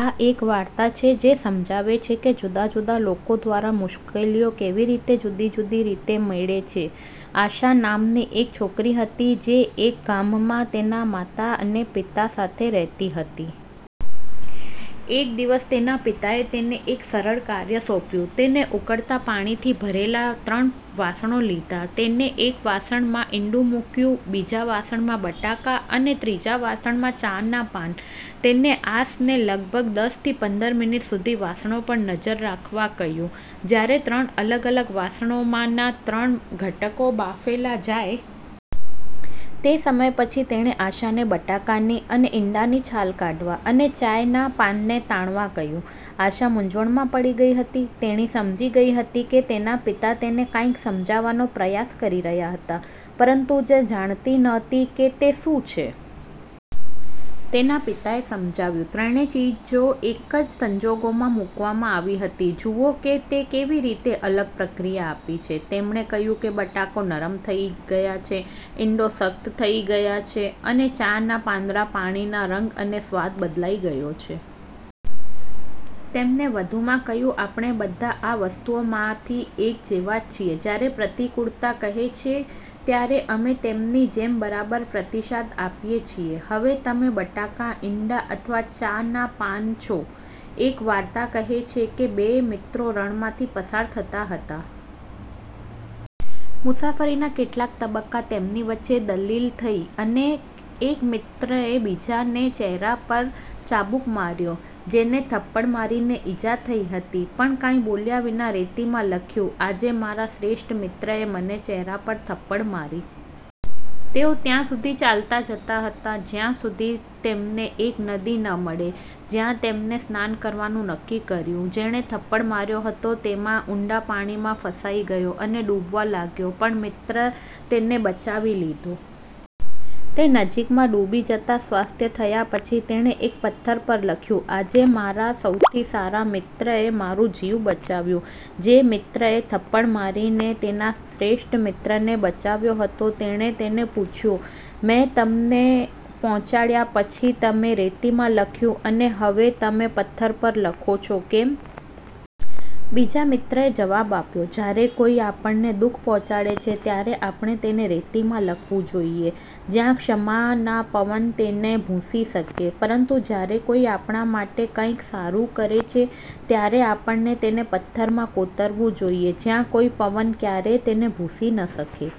આ એક વાર્તા છે જે સમજાવે છે કે જુદા જુદા લોકો દ્વારા મુશ્કેલીઓ કેવી રીતે જુદી જુદી રીતે મળે છે. આશા નામની એક છોકરી હતી જે એક ગામમાં તેના માતા અને પિતા સાથે રહેતી હતી. એક દિવસ, તેના પિતાએ તેને એક સરળ કાર્ય સોંપ્યું. તેને ઉકળતા પાણી થી ભરેલા ત્રણ વાસણો લીધા. તેને એક વાસણમાં ઈંડુ મૂક્યું, બીજા વાસણમાં બટાકા અને ત્રીજા વાસણમાં ચાના પાન. તેને આશને લગભગ દસથી પંદર મિનિટ સુધી વાસણો પર નજર રાખવા કહ્યું, જ્યારે ત્રણ અલગ અલગ વાસણો માં ના ત્રણ ઘટકો બાફેલા જાય. તે સમય પછી, તેણે આશાને બટાકાની અને ઇંડાની છાલ કાઢવા, અને ચાના પાનને તાણવા કહ્યું. આશા મૂંઝવણમાં પડી ગઈ હતી તેણી સમજી ગઈ હતી કે તેના પિતા તેને કંઈક સમજાવવાનો પ્રયાસ કરી રહ્યા હતા, પરંતુ તે જાણતી નહોતી કે તે શું છે. તેના પિતાએ સમજાવ્યું, "ત્રણેય ચીજો એક જ સંજોગોમાં મૂકવામાં આવી હતી. જુઓ કે તે કેવી રીતે અલગ પ્રતિક્રિયા આપી છે. " તેમણે કહ્યું કે બટાકા નરમ થઈ ગયા છે, ઇંડા સખત થઈ ગયા છે, અને ચાના પાંદડાથી પાણીનો રંગ અને સ્વાદ બદલાઈ ગયો છે. તેમણે વધુમાં કહ્યું, "આપણે બધા આ વસ્તુઓમાંથી એક જેવા છીએ. જ્યારે પ્રતિકૂળતા કહે છે, ત્યારે અમે તેમની જેમ બરાબર પ્રતિસાદ આપીએ છીએ. હવે, તમે બટાકા, ઇંડા અથવા ચાના પાન છો? " એક વાર્તા કહે છે કે બે મિત્રો રણમાંથી પસાર થતા હતા. મુસાફરીના કેટલાક તબક્કે તેમની વચ્ચે દલીલ થઈ, અને એક મિત્રએ બીજા ને ચહેરા પર ચાબુક માર્યો. જેને થપ્પડ મારીને ઈજા થઈ હતી, પણ કંઈ બોલ્યા વિના રેતીમાં લખ્યું; "આજે મારા શ્રેષ્ઠ મિત્રએ મને ચહેરા પર થપ્પડ મારી. " તેઓ ત્યાં સુધી ચાલતા જતા હતા જ્યાં સુધી તેમને એક નદી ન મળે, જ્યાં તેમને સ્નાન કરવાનું નક્કી કર્યું. જેણે થપ્પડ માર્યો હતો તેમાં ઊંડા પાણી માં ફસાઈ ગયો અને ડૂબવા લાગ્યો, પણ મિત્રે તેને બચાવી લીધો. તે નજીકમાં ડૂબી જતા સ્વસ્થ થયા પછી, તેણે એક પથ્થર પર લખ્યું; "આજે મારા સૌથી સારા મિત્રએ મારું જીવન બચાવ્યું. " જે મિત્રએ થપ્પડ મારીને તેનો શ્રેષ્ઠ મિત્રને બચાવ્યો હતો તેણે તેને પૂછ્યું; "મેં તમને પહોંચાડ્યા પછી તમે રેતીમાં લખ્યું અને હવે, તમે પથ્થર પર લખો છો, કેમ? " બીજા મિત્રએ જવાબ આપ્યો; "જ્યારે કોઈ આપણને દુખ પહોંચાડે છે ત્યારે આપણે તેને રેતીમાં લખવું જોઈએ જ્યાં ક્ષમાના પવન તેને ભૂંસી શકે. પરંતુ, જ્યારે કોઈ આપણા માટે કંઈક સારું કરે છે, ત્યારે આપણે તેને પથ્થરમાં કોતરવું જોઈએ જ્યાં કોઈ પવન ક્યારેય તેને ભૂંસી ન શકે. "।